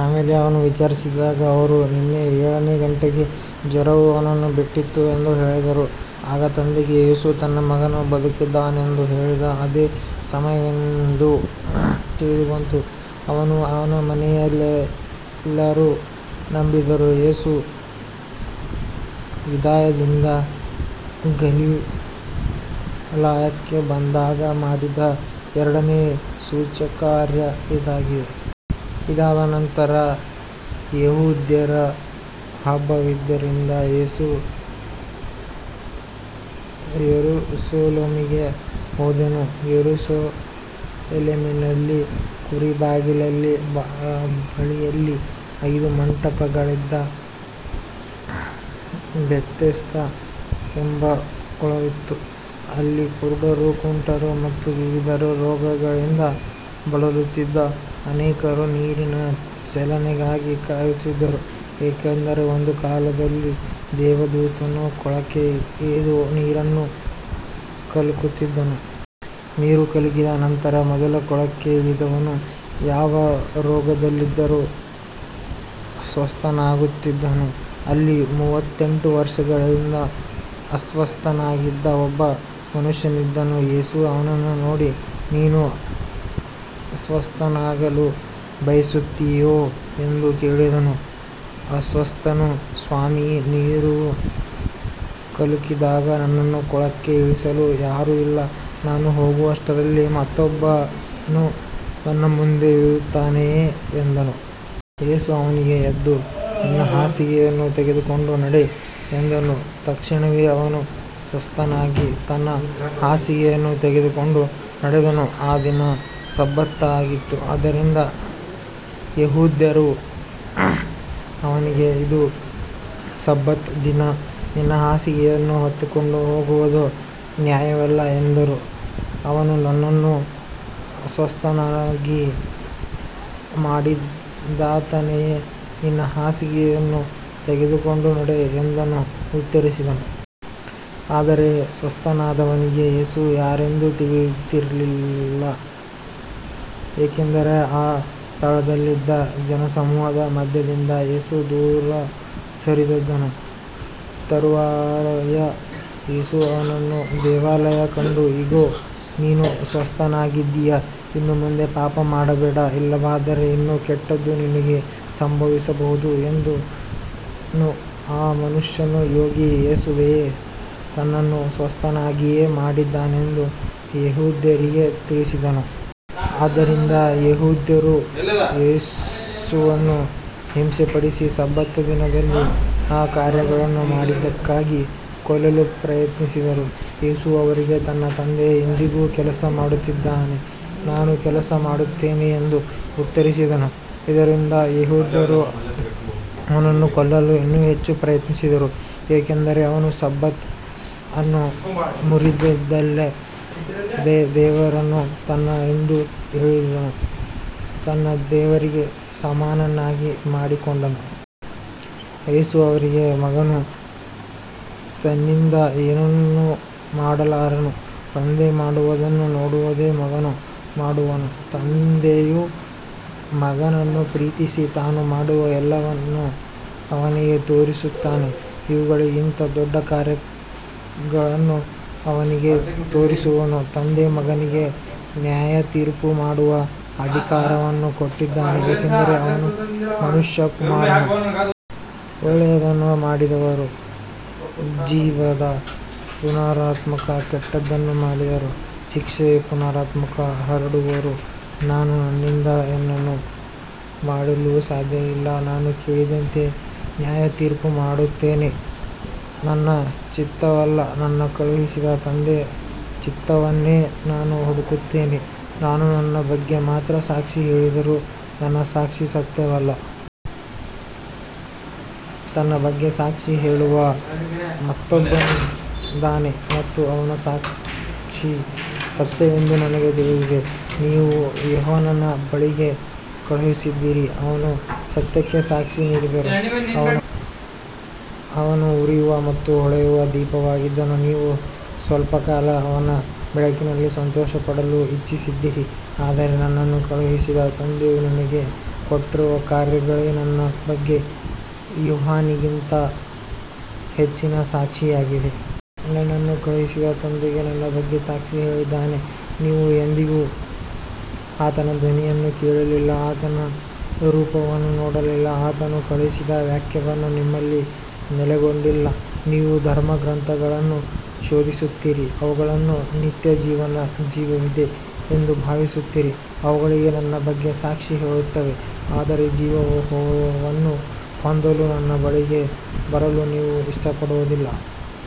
ಆಮೇಲೆ ಅವನು ವಿಚಾರಿಸಿದಾಗ ಅವರು, ನಿನ್ನೆ ಏಳನೆಯ ಗಂಟೆಗೆ ಜ್ವರವು ಅವನನ್ನು ಬಿಟ್ಟಿತು ಎಂದು ಹೇಳಿದರು. ಆಗ ತಂದೆಗೆ ಯೇಸು ತನ್ನ ಮಗನು ಬದುಕಿದ್ದಾನೆಂದು ಹೇಳಿದ ಅದೇ ಸಮಯವೆಂದು ತಿಳಿದುಬಂತು. ಅವನೂ ಅವನ ಮನೆಯವರೆಲ್ಲರೂ ನಂಬಿದರು. ಯೇಸು ಯೂದಾಯದಿಂದ ಗಲಿಲಾಯಕ್ಕೆ ಬಂದಾಗ ಮಾಡಿದ ಎರಡನೆಯ ಸೂಚಕಕಾರ್ಯ ಇದಾಗಿದೆ. ಇದಾದ ನಂತರ ಯೆಹೂದ್ಯರ ಹಬ್ಬವಿದ್ದುದರಿಂದ ಯೇಸು ಯೆರೂಸಲೇಮಿಗೆ ಹೋದನು. ಯೆರೂಸಲೇಮಿನಲ್ಲಿ ಕುರಿ ಬಾಗಿಲಿನ ಬಳಿಯಲ್ಲಿ ಐದು ಮಂಟಪಗಳಿದ್ದ ಬೆಥೆಸ್ದಾ ಎಂಬ ಕೊಳವಿತ್ತು. ಅಲ್ಲಿ ಕುರುಡರು, ಕುಂಟರು ಮತ್ತು ವಿವಿಧ ರೋಗಗಳಿಂದ ಬಳಲುತ್ತಿದ್ದ ಅನೇಕರು ನೀರಿನ ಚಲನೆಗಾಗಿ ಕಾಯುತ್ತಿದ್ದರು. ಏಕೆಂದರೆ ಒಂದು ಕಾಲದಲ್ಲಿ ದೇವದೂತನು ಕೊಳಕ್ಕೆ ಇಳಿದು ನೀರನ್ನು ಕಲಕುತ್ತಿದ್ದನು. ನೀರು ಕಲಕಿದ ನಂತರ ಮೊದಲು ಕೊಳಕ್ಕೆ ಇಳಿದವನು ಯಾವ ರೋಗದಲ್ಲಿದ್ದರೂ ಸ್ವಸ್ಥನಾಗುತ್ತಿದ್ದನು. ಅಲ್ಲಿ ಮೂವತ್ತೆಂಟು ವರ್ಷಗಳಿಂದ ಅಸ್ವಸ್ಥನಾಗಿದ್ದ ಒಬ್ಬ ಮನುಷ್ಯನಿದ್ದನು. ಯೇಸು ಅವನನ್ನು ನೋಡಿ, ನೀನು ಸ್ವಸ್ಥನಾಗಲು ಬಯಸುತ್ತೀಯೋ ಎಂದು ಕೇಳಿದನು. ಅಸ್ವಸ್ಥನು, ಸ್ವಾಮೀ, ನೀರು ಕಲಕಿದಾಗ ನನ್ನನ್ನು ಕೊಳಕ್ಕೆ ಇಳಿಸಲು ಯಾರೂ ಇಲ್ಲ. ನಾನು ಹೋಗುವಷ್ಟರಲ್ಲಿ ಮತ್ತೊಬ್ಬನು ನನ್ನ ಮುಂದೆ ಇಳಿಯುತ್ತಾನೆ ಎಂದನು. ಯೇಸು ಅವನಿಗೆ, ಎದ್ದು ನಿನ್ನ ಹಾಸಿಗೆಯನ್ನು ತೆಗೆದುಕೊಂಡು ನಡೆ ಎಂದನು. ತಕ್ಷಣವೇ ಅವನು ಸ್ವಸ್ಥನಾಗಿ ತನ್ನ ಹಾಸಿಗೆಯನ್ನು ತೆಗೆದುಕೊಂಡು ನಡೆದನು. ಆ ದಿನ ಸಬ್ಬತ್ ಆಗಿತ್ತು. ಆದ್ದರಿಂದ ಯೆಹೂದ್ಯರು ಅವನಿಗೆ, ಇದು ಸಬ್ಬತ್ ದಿನ, ನಿನ್ನ ಹಾಸಿಗೆಯನ್ನು ಹೊತ್ತುಕೊಂಡು ಹೋಗುವುದು ನ್ಯಾಯವಲ್ಲ ಎಂದರು. ಅವನು, ನನ್ನನ್ನು ಸ್ವಸ್ಥನನ್ನಾಗಿ ಮಾಡಿದಾತನೇ ನಿನ್ನ ಹಾಸಿಗೆಯನ್ನು ತೆಗೆದುಕೊಂಡು ನಡೆ ಎಂದನು ಎಂದು ಉತ್ತರಿಸಿದನು. ಆದರೆ ಸ್ವಸ್ಥನಾದವನಿಗೆ ಯೇಸು ಯಾರೆಂದು ತಿಳಿದಿರಲಿಲ್ಲ, ಏಕೆಂದರೆ ಆ ಸ್ಥಳದಲ್ಲಿದ್ದ ಜನಸಮೂಹದ ಮಧ್ಯದಿಂದ ಯೇಸು ದೂರ ಸರಿದಿದ್ದನು. ತರುವಾಯ ಯೇಸು ಅವನನ್ನು ದೇವಾಲಯದಲ್ಲಿ ಕಂಡು, ಇಗೋ, ನೀನು ಸ್ವಸ್ಥನಾಗಿದ್ದೀಯ, ಇನ್ನು ಮುಂದೆ ಪಾಪ ಮಾಡಬೇಡ, ಇಲ್ಲವಾದರೆ ಇನ್ನೂ ಕೆಟ್ಟದ್ದು ನಿನಗೆ ಸಂಭವಿಸಬಹುದು ಎಂದನು. ಆ ಮನುಷ್ಯನು ಹೋಗಿ ಯೇಸುವೇ ತನ್ನನ್ನು ಸ್ವಸ್ಥನನ್ನಾಗಿ ಮಾಡಿದನೆಂದು ಯೆಹೂದ್ಯರಿಗೆ ತಿಳಿಸಿದನು. ಆದ್ದರಿಂದ ಯೆಹೂದ್ಯರು ಯೇಸುವನ್ನು ಹಿಂಸೆಪಡಿಸಿ ಸಬ್ಬತ್ ದಿನದಲ್ಲಿ ಈ ಕಾರ್ಯಗಳನ್ನು ಮಾಡಿದ್ದಕ್ಕಾಗಿ ಕೊಲ್ಲಲು ಪ್ರಯತ್ನಿಸಿದರು. ಯೇಸು ಅವರಿಗೆ, ನನ್ನ ತಂದೆಯು ಇಂದಿಗೂ ಕೆಲಸ ಮಾಡುತ್ತಾನೆ, ನಾನೂ ಕೆಲಸ ಮಾಡುತ್ತೇನೆ ಎಂದು ಉತ್ತರಿಸಿದನು. ಇದರಿಂದ ಯೆಹೂದ್ಯರು ಅವನನ್ನು ಕೊಲ್ಲಲು ಇನ್ನೂ ಹೆಚ್ಚು ಪ್ರಯತ್ನಿಸಿದರು, ಏಕೆಂದರೆ ಅವನು ಸಬ್ಬತ್ ಅನ್ನು ಮುರಿದುದಲ್ಲದೆ ದೇವರನ್ನು ತನ್ನ ತಂದೆ ಎಂದು ಹೇಳಿ ತನ್ನನ್ನು ದೇವರಿಗೆ ಸಮಾನನನ್ನಾಗಿ ಮಾಡಿಕೊಂಡನು. ಯೇಸು ಅವರಿಗೆ, ಮಗನು ತನ್ನಿಂದ ಏನನ್ನೂ ಮಾಡಲಾರನು. ತಂದೆಯು ಮಾಡುವುದನ್ನು ನೋಡುವುದೇ ಮಗನು ಮಾಡುವನು. ತಂದೆಯು ಮಗನನ್ನು ಪ್ರೀತಿಸಿ ತಾನು ಮಾಡುವ ಎಲ್ಲವನ್ನೂ ಅವನಿಗೆ ತೋರಿಸುತ್ತಾನೆ. ಇವುಗಳಿಗಿಂತ ದೊಡ್ಡ ಕಾರ್ಯಗಳನ್ನೂ ಅವನಿಗೆ ತೋರಿಸುವನು. ತಂದೆಯು ಮಗನಿಗೆ ನ್ಯಾಯತೀರ್ಪು ಮಾಡುವ ಅಧಿಕಾರವನ್ನೂ ಕೊಟ್ಟಿದ್ದಾನೆ, ಏಕೆಂದರೆ ಅವನು ಮನುಷ್ಯಕುಮಾರನು. ಒಳ್ಳೆಯದನ್ನು ಮಾಡಿದವರು ಜೀವದ ಪುನರುತ್ಥಾನಕ್ಕೂ ಕೆಟ್ಟದ್ದನ್ನು ಮಾಡಿದವರು ಶಿಕ್ಷೆಯ ಪುನರುತ್ಥಾನಕ್ಕೂ ಹೊರಡುವರು. ನಾನು ನನ್ನಿಂದ ಏನನ್ನೂ ಮಾಡಲು ಸಾಧ್ಯವಿಲ್ಲ. ನಾನು ಕೇಳಿದಂತೆ ನ್ಯಾಯತೀರ್ಪು ಮಾಡುತ್ತೇನೆ. ನನ್ನ ಚಿತ್ತವಲ್ಲ, ನನ್ನನ್ನು ಕಳುಹಿಸಿದ ತಂದೆಯ ಚಿತ್ತವನ್ನೇ ನಾನು ಹುಡುಕುತ್ತೇನೆ. ನಾನು ನನ್ನ ಬಗ್ಗೆ ಮಾತ್ರ ಸಾಕ್ಷಿ ಹೇಳಿದರೆ ನನ್ನ ಸಾಕ್ಷಿ ಸತ್ಯವಲ್ಲ. ನನ್ನ ಬಗ್ಗೆ ಸಾಕ್ಷಿ ಹೇಳುವ ಮತ್ತೊಬ್ಬನಿದ್ದಾನೆ ಮತ್ತು ಅವನ ಸಾಕ್ಷಿ ಸತ್ಯವೆಂದು ನನಗೆ ತಿಳಿದಿದೆ. ನೀವು ಯೋಹಾನನ ಬಳಿಗೆ ಕಳುಹಿಸಿದ್ದೀರಿ, ಅವನು ಸತ್ಯಕ್ಕೆ ಸಾಕ್ಷಿ ನೀಡಿದನು. ಅವನು ಉರಿಯುವ ಮತ್ತು ಹೊಳೆಯುವ ದೀಪವಾಗಿದ್ದನು, ನೀವು ಸ್ವಲ್ಪಕಾಲ ಅವನ ಬೆಳಕಿನಲ್ಲಿ ಸಂತೋಷಪಡಲು ಇಚ್ಛಿಸಿದ್ದಿರಿ. ಆದರೆ ನನ್ನನ್ನು ಕಳುಹಿಸಿದ ತಂದೆಯು ನನಗೆ ಕೊಟ್ಟಿರುವ ಕಾರ್ಯಗಳೇ ನನ್ನ ಬಗ್ಗೆ ಯೋಹಾನನಿಗಿಂತ ಹೆಚ್ಚಿನ ಸಾಕ್ಷಿಯಾಗಿವೆ. ನನ್ನನ್ನು ಕಳುಹಿಸಿದ ತಂದೆಯೇ ನನ್ನ ಬಗ್ಗೆ ಸಾಕ್ಷಿ ಹೇಳಿದ್ದಾನೆ. ನೀವು ಎಂದಿಗೂ ಆತನ ಧ್ವನಿಯನ್ನು ಕೇಳಲಿಲ್ಲ, ಆತನ ರೂಪವನ್ನು ನೋಡಲಿಲ್ಲ. ಆತನು ಕಳುಹಿಸಿದ ವಾಕ್ಯವು ನಿಮ್ಮಲ್ಲಿ ನೆಲೆಗೊಂಡಿಲ್ಲ. ನೀವು ಧರ್ಮಗ್ರಂಥಗಳನ್ನು ಶೋಧಿಸುತ್ತೀರಿ, ಅವುಗಳಲ್ಲಿ ನಿತ್ಯಜೀವವಿದೆ ಎಂದು ಭಾವಿಸುತ್ತೀರಿ. ಅವುಗಳೇ ನನ್ನ ಬಗ್ಗೆ ಸಾಕ್ಷಿ ಹೇಳುತ್ತವೆ, ಆದರೂ ಜೀವವನ್ನು ಹೊಂದಲು ನನ್ನ ಬಳಿಗೆ ಬರಲು ನೀವು ಇಷ್ಟಪಡುವುದಿಲ್ಲ.